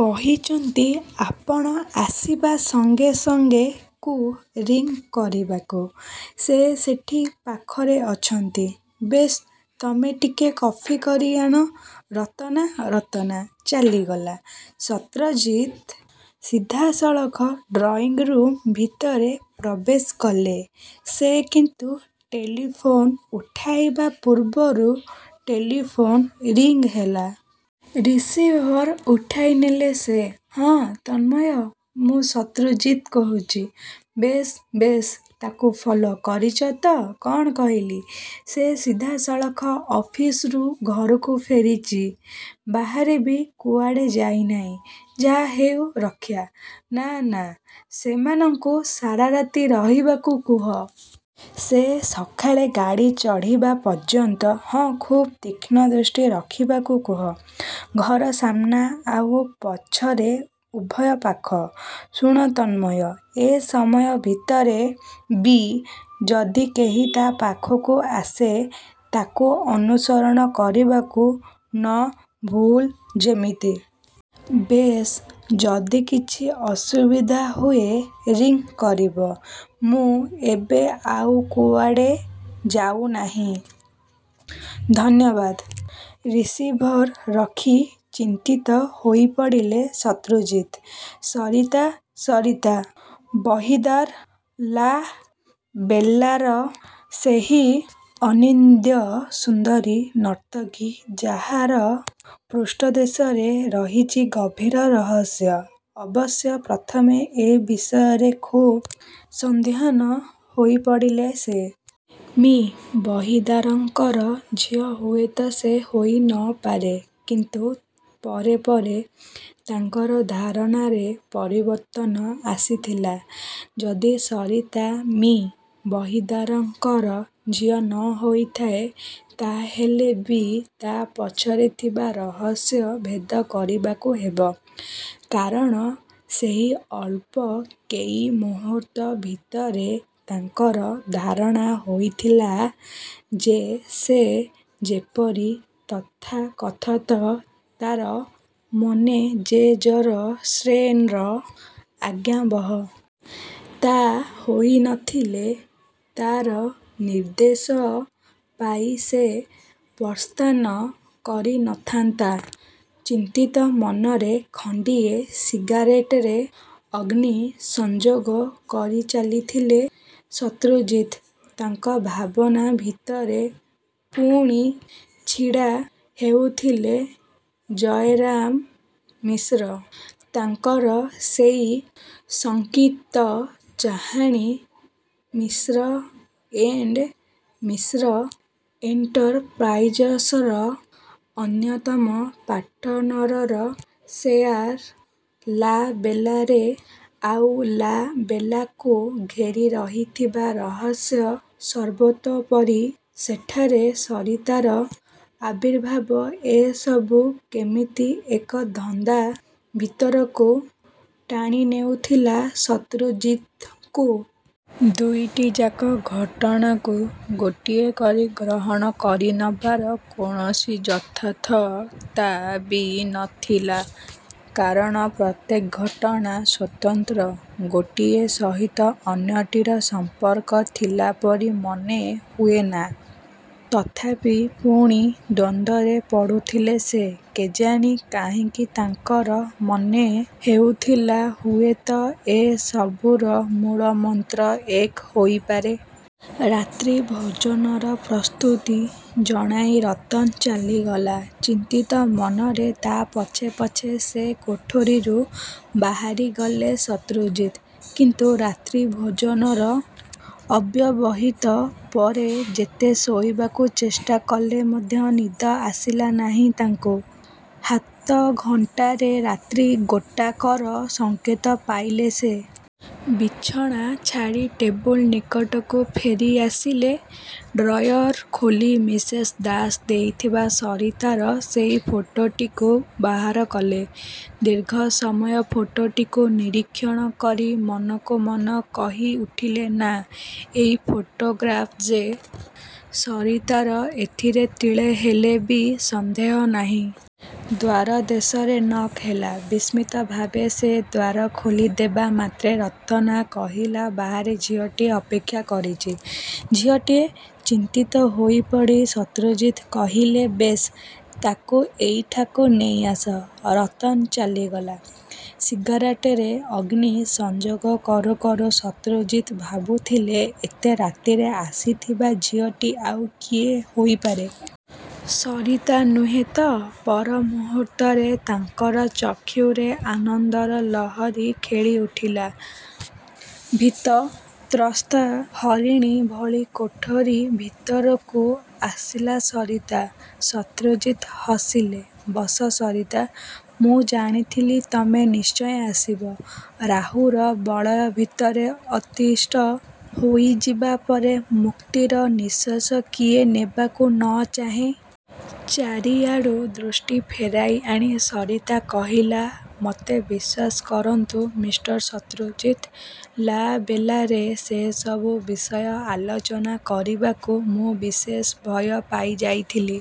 କହିଛନ୍ତି ଆପଣ ଆସିବା ସଙ୍ଗେ ସଙ୍ଗେ କୁ ରିଂ କରିବାକୁ। ସେ ସେଇଠି ପାଖରେ ଅଛନ୍ତି। ବେଶ୍, ତମେ ଟିକିଏ କଫି କରିଆଣ ରତନା ରତନା ଚାଲିଗଲା। ଶତ୍ରଜିତ୍ ସିଧାସଳଖ ଡ୍ରଇଂରୁମ୍ ଭିତରେ ପ୍ରବେଶ କଲେ। ସେ କିନ୍ତୁ ଟେଲିଫୋନ୍ ଉଠାଇବା ପୂର୍ବରୁ ଟେଲିଫୋନ୍ ରିଂ ହେଲା। ରିସିଭର ଉଠାଇନେଲେ ସେ। ହଁ, ତନ୍ମୟ, ମୁଁ ଶତ୍ରୁଜିତ୍ କହୁଛି। ବେଶ୍ ବେଶ୍, ତାକୁ ଫଲୋ କରିଛ ତ? କ'ଣ କହିଲି? ସେ ସିଧାସଳଖ ଅଫିସରୁ ଘରକୁ ଫେରିଛି। ବାହାରେ ବି କୁଆଡ଼େ ଯାଇନାହିଁ? ଯାହାହେଉ, ରକ୍ଷା। ନା, ନା, ସେମାନଙ୍କୁ ସାରାରାତି ରହିବାକୁ କୁହ। ସେ ସକାଳେ ଗାଡ଼ି ଚଢ଼ିବା ପର୍ଯ୍ୟନ୍ତ। ହଁ, ଖୁବ୍ ତୀକ୍ଷ୍ଣ ଦୃଷ୍ଟି ରଖିବାକୁ କୁହ। ଘର ସାମନା ଆଉ ପଛରେ, ଉଭୟ ପାଖ। ଶୁଣ ତନ୍ମୟ ଏ ସମୟ ଭିତରେ ବି ଯଦି କେହି ତା' ପାଖକୁ ଆସେ, ତାକୁ ଅନୁସରଣ କରିବାକୁ ନ ଭୁଲ୍ ଯେମିତି। ବେଶ୍, ଯଦି କିଛି ଅସୁବିଧା ହୁଏ ରିଂ କରିବ। ମୁଁ ଏବେ ଆଉ କୁଆଡ଼େ ଯାଉନାହିଁ। ଧନ୍ୟବାଦ। ରିସିଭର ରଖି ଚିନ୍ତିତ ହୋଇପଡ଼ିଲେ ଶତ୍ରୁଜିତ୍। ସରିତା, ସରିତା ବହିଦାର 'ଲା–ବେଲା'ର ସେଇ ଅନିନ୍ଦ୍ୟସୁନ୍ଦରୀ ନର୍ତ୍ତକୀ, ଯାହାର ପୃଷ୍ଠ ଦେଶରେ ରହିଛି ଗଭୀର ରହସ୍ୟ। ଅବଶ୍ୟ ପ୍ରଥମେ ଏ ବିଷୟରେ ଖୁବ୍ ସନ୍ଦିହାନ ହୋଇପଡ଼ିଥିଲେ ସେ। ମି: ବହିଦାରଙ୍କର ଝିଅ ହୁଏତ ସେ ହୋଇ ନ ପାରେ କିନ୍ତୁ ପରେ ପରେ ତାଙ୍କର ଧାରଣାରେ ପରିବର୍ତ୍ତନ ଆସିଥିଲା। ଯଦି ସରିତା ମି: ବହିଦାରଙ୍କର ଝିଅ ନ ହୋଇଥାଏ ,ତା' ହେଲେ ବି ତା' ପଛରେ ଥିବା ରହସ୍ୟ ଭେଦ କରିବାକୁ ହେବ। କାରଣ ସେଇ ଅଳ୍ପ କେଇ ମୁହୂର୍ତ୍ତ ଭିତରେ ତାଙ୍କର ଧାରଣା ହୋଇଥିଲା, ଯେ ସେ ଯେପରି ତଥାକଥିତ ତା'ର ମନେଜେଜର ସେନ୍ର ଆଜ୍ଞାବହ। ତା' ହୋଇ ନ ଥିଲେ ତା'ର ନିର୍ଦ୍ଦେଶ ପାଇ ସେ ପ୍ରସ୍ଥାନ କରି ନଥାନ୍ତା। ଚିନ୍ତିତ ମନରେ ଖଣ୍ଡିଏ ସିଗାରେଟରେ ଅଗ୍ନି ସଂଯୋଗ କରିଚାଲିଥିଲେ ଶତ୍ରୁଜିତ। ତାଙ୍କ ଭାବନା ଭିତରେ ପୁଣି ଛିଡ଼ା ହେଉଥିଲେ ଜୟରାମ ମିଶ୍ର। ତାଙ୍କର ସେଇ ଶଙ୍କିତ ଚାହାଣି। ମିଶ୍ର ଏଣ୍ଡ୍ ମିଶ୍ର ଏଣ୍ଟରପ୍ରାଇଜର୍ସର ଅନ୍ୟତମ ପାର୍ଟନରର ସେୟାର ଲା–ବେଲାରେ ଆଉ ଲା-ବେଲାକୁ ଘେରି ରହିଥିବା ରହସ୍ୟ, ସର୍ବୋପରି ସେଠାରେ ସରିତାର ଆବିର୍ଭାବ ଏସବୁ କେମିତି ଏକ ଧନ୍ଦା ଭିତରକୁ ଟାଣିନେଉଥିଲା ଶତ୍ରୁଜିତଙ୍କୁ। ଦୁଇଟିଯାକ ଘଟଣାକୁ ଗୋଟିଏ କରି ଗ୍ରହଣ କରିନେବାର କୌଣସି ଯଥାର୍ଥତା ବି ନ ଥିଲା କାରଣ ପ୍ରତ୍ୟେକ ଘଟଣା ସ୍ୱତନ୍ତ୍ର। ଗୋଟିଏ ସହିତ ଅନ୍ୟଟିର ସଂପର୍କ ଥିଲା ପରି ମନେ ହୁଏନା। ତଥାପି ପୁଣି ଦ୍ୱନ୍ଦ୍ୱରେ ପଡ଼ୁଥିଲେ ସେ। କେଜାଣି କାହିଁକି ତାଙ୍କର ମନେ ହେଉଥିଲା ହୁଏତ ଏ ସବୁର ମୂଳମନ୍ତ୍ର ଏକ ହୋଇପାରେ। ରାତ୍ରିଭୋଜନର ପ୍ରସ୍ତୁତି ଜଣାଇ ରତନ ଚାଲିଗଲା। ଚିନ୍ତିତ ମନରେ ତା' ପଛେ ପଛେ ସେ କୋଠରିରୁ ବାହାରିଗଲେ ଶତ୍ରୁଜିତ୍ କିନ୍ତୁ ରାତ୍ରିଭୋଜନର ଅବ୍ୟବହିତ ପରେ ଯେତେ ଶୋଇବାକୁ ଚେଷ୍ଟା କଲେ ମଧ୍ୟ ନିଦ ଆସିଲା ନାହିଁ ତାଙ୍କୁ। ହାତଘଣ୍ଟାରେ ରାତ୍ରି ଗୋଟାକର ସଙ୍କେତ ପାଇଲେ ସେ। ବିଛଣା ଛାଡ଼ି ଟେବୁଲ ନିକଟକୁ ଫେରିଆସିଲେ। ଡ୍ରୟର ଖୋଲି ମିସେସ ଦାସ ଦେଇଥିବା ସରିତାର ସେଇ ଫଟୋଟିକୁ ବାହାର କଲେ। ଦୀର୍ଘ ସମୟ ଫଟୋଟିକୁ ନିରୀକ୍ଷଣ କରି ମନକୁମନ କହି ଉଠିଲେ ନା, ଏଇ ଫଟୋଗ୍ରାଫ୍ ଯେ ସରିତାର ଏଥିରେ ତିଳେହେଲେ ବି ସନ୍ଦେହ ନାହିଁ। ଦ୍ୱାରଦେଶରେ ନକ୍ ହେଲା। ବିସ୍ମିତ ଭାବରେ ସେ ଦ୍ୱାର ଖୋଲିଦେବା ମାତ୍ରେ ରତନା କହିଲା ବାହାରେ ଝିଅଟିଏ ଅପେକ୍ଷା କରିଛି। ଝିଅଟିଏ! ଚିନ୍ତିତ ହୋଇପଡ଼ି ଶତ୍ରୁଜିତ୍ କହିଲେ ବେଶ୍, ତାକୁ ଏଇଠାକୁ ନେଇଆସ। ରତନ ଚାଲିଗଲା। ସିଗାରେଟରେ ଅଗ୍ନି ସଂଯୋଗ କରୁକରୁ ଶତ୍ରୁଜିତ୍ ଭାବୁଥିଲେ ଏତେ ରାତିରେ ଆସିଥିବା ଝିଅଟି ଆଉ କିଏ ହୋଇପାରେ? ସରିତା ନୁହେଁ ତ! ପର ମୁହୂର୍ତ୍ତରେ ତାଙ୍କର ଚକ୍ଷୁରେ ଆନନ୍ଦର ଲହରୀ ଖେଳି ଉଠିଲା। ଭୀତତ୍ରସ୍ତା ହରିଣୀ ଭଳି କୋଠରି ଭିତରକୁ ଆସିଲା ସରିତା। ଶତ୍ରୁଜିତ୍ ହସିଲେ ବସ, ସରିତା, ମୁଁ ଜାଣିଥିଲି ତମେ ନିଶ୍ଚୟ ଆସିବ। ରାହୁର ବଳୟ ଭିତରେ ଅତିଷ୍ଠ ହୋଇଯିବା ପରେ ମୁକ୍ତିର ନିଶ୍ୱାସ କିଏ ନେବାକୁ ନ ଚାହେଁ! ଚାରିଆଡ଼ୁ ଦୃଷ୍ଟି ଫେରାଇଆଣି ସରିତା କହିଲା ମୋତେ ବିଶ୍ୱାସ କରନ୍ତୁ, ମିଷ୍ଟର ଶତ୍ରୁଜିତ୍, ଲା-ବେଲାରେ ସେସବୁ ବିଷୟ ଆଲୋଚନା କରିବାକୁ ମୁଁ ବିଶେଷ ଭୟ ପାଇଯାଇଥିଲି।